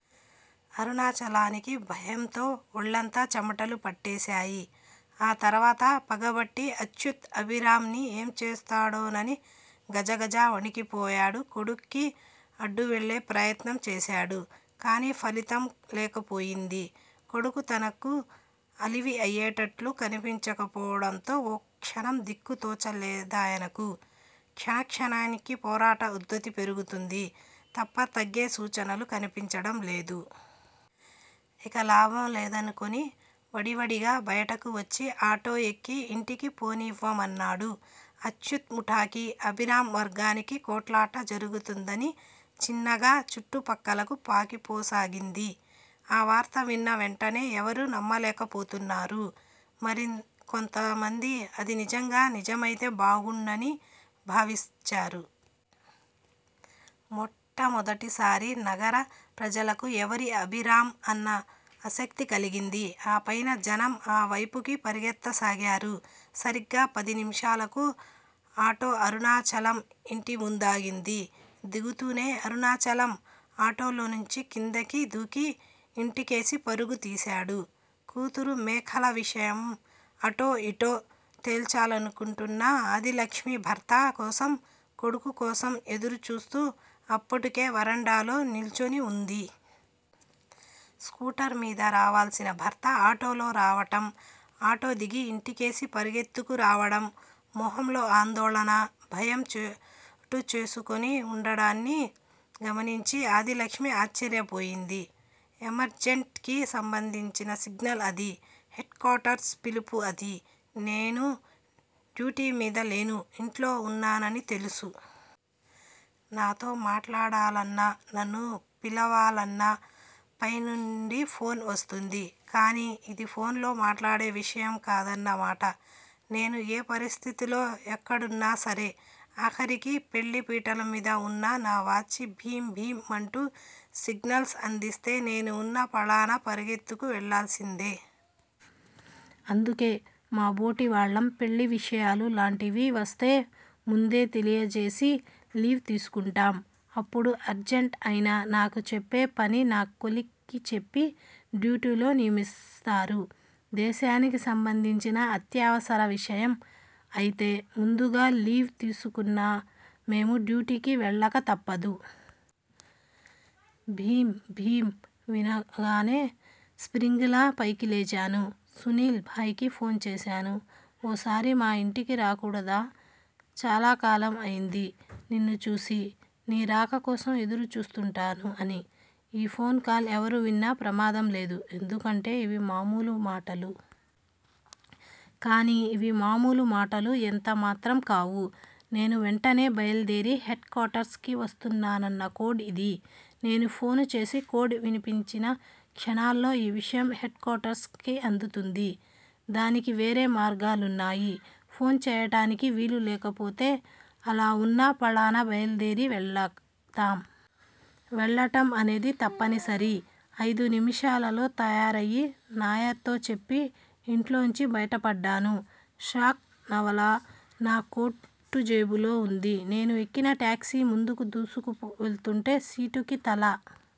అరుణాచలానికి భయంతో వళ్ళంతా చెమటలు పట్టేశాయి. ఆ తరువాత పగబట్టి అచ్యుత్ అభిరామ్ ని ఏం చేస్తాడోనని గజగజా వణికిపోయాడు కొడుక్కి అడ్డు వెళ్ళే ప్రయత్నం చేశాడు. కానీ ఫలితం లేకపోయింది. కొడుకు తనకు అలివి అయేటట్లు కనిపించకపోవడంతో ఓ క్షణం దిక్కు తోచలేదాయనకు. క్షణ క్షణానికి పోరాట ఉధృతి పెరుగుతోంది తప్ప తగ్గే సూచనలు కనిపించడం లేదు. ఇక లాభం లేదనుకొని వడివడిగా బయటకు వచ్చి ఆటో యెక్కి యింటికి పోనివ్వమన్నాడు. అచ్యుత్ ముఠాకి, అభిరామ్ వర్గానికి కొట్లాట జరుగుతోందని చిన్నగా చుట్టు ప్రక్కలకు ప్రాకిపోసాగింది. ఆ వార్త విన్న వెంటనే ఎవరూ నమ్మలేకపోతున్నారు. మరింకొంత మంది అది నిజంగా నిజమైతే బావుండని భావించారు. మొట్టమొదటిసారి నగర ప్రజలకు ఎవరీ అభిరామ్ అన్న ఆసక్తి కలిగింది. ఆపైన జనం ఆ వేపుకి పరిగెత్తసాగారు. సరిగ్గా పది నిముషాలకు ఆటో అరుణాచలం ఇంటి ముందాగింది. దిగుతూనే అరుణాచలం ఆటోలోంచి క్రిందికి దూకి ఇంటికేసి పరుగు తీశాడు. కూతురు మేఖల విషయం అటో యిటో తేల్చాలనుకుంటున్న ఆదిలక్ష్మి భర్త కోసం, కొడుకు కోసం యెదురు చూస్తూ అప్పటికే వరండాలో నిల్చుని వుంది. స్కూటర్ మీద రావాల్సిన భర్త ఆటోలో రావటం, ఆటో దిగి ఇంటికేసి పరుగెత్తుకు రావటం, మొహంలో ఆందోళన, భయం చోటుచేసుకుని వుండటాన్ని గమనించి ఆదిలక్ష్మి ఆశ్చర్యపోయింది. యమర్జంట్ కి సంబంధించిన సిగ్నల్ అది. హెడ్ కోర్టర్స్ పిలుపు అది. నేను డ్యూటీమీద లేను. ఇంట్లో వున్నానని తెలుసు. నాతో మాట్లాడాలన్నా నన్ను పిలవాలన్నా పై నుండి ఫోను వస్తుంది. కానీ ఇది ఫోనులో మాట్లాడే విషయం కాదన్న మాట. నేను ఏ పరిస్థితులలో ఎక్కడవున్నా సరే ఆఖరికి పెళ్ళి పీటలమీద వున్నా నా వాచీ బీమ్ బీమ్ మంటూ సిగ్నల్స్ అందిస్తే నేను వున్న పళాన పరుగెత్తుకు వెళ్ళాల్సిందే. అందుకే మాబోటివాళ్ళం పెళ్ళివిషయాలు లాంటివి వస్తే ముందే తెలియజేసి లీవ్ తీసుకుంటాం. అప్పుడు అర్జంట్ అయినా నాకు చెప్పే పని నా కొలీగ్ కి చెప్పి డ్యూటీలో నియమిస్తారు. దేశానికి సంబంధించిన అత్యవసర విషయం అయితే ముందుగా లీవ్ తీసుకున్నా మేము డ్యూటీకి వెళ్ళక తప్పదు. బీమ్ బీమ్ వినగానే స్ప్రింగ్ లా పైకిలేచాను. సునీల్ భాయ్ కి ఫోన్ చేశాను. ఓసారి మా ఇంటికి రాకూడదా! చాలాకాలం అయింది నిన్ను చూసి. నీ రాక కోసం ఎదురు చూస్తుంటాను అని. ఈ ఫోన్ కాల్ ఎవరు విన్నా ప్రమాదం లేదు. ఎందుకంటే ఇవి మామూలు మాటలు. కాని ఇవి మామూలు మాటలు ఎంత మాత్రం కావు. నేను వెంటనే బైలుదేరి హెడ్ కోర్టర్స్ కి వస్తున్నానన్న కోడ్ ఇది. నేను ఫోను చేసి కోడ్ వినిపించిన క్షణాల్లో ఈ విషయం హెడ్ కోర్టర్స్ కి అందుతుంది. దానికి వేరే మార్గాలున్నాయి. ఫోన్ చేయటానికి వీలు లేకపోతే అలా వున్న పళాన బైలుదేరి వెళతాం. వెళ్లటం అనేది తప్పని సరి. అయిదు నిమిషాలలో తయారయి నాయర్ తో చెప్పి ఇంట్లోంచి బయటపడ్డాను. షాక్ నవల నా కోటు జేబులో వుంది. నేను ఎక్కిన టాక్సీ ముందుకు దూసుకు పో వెళుతుంటే సీటుకి తల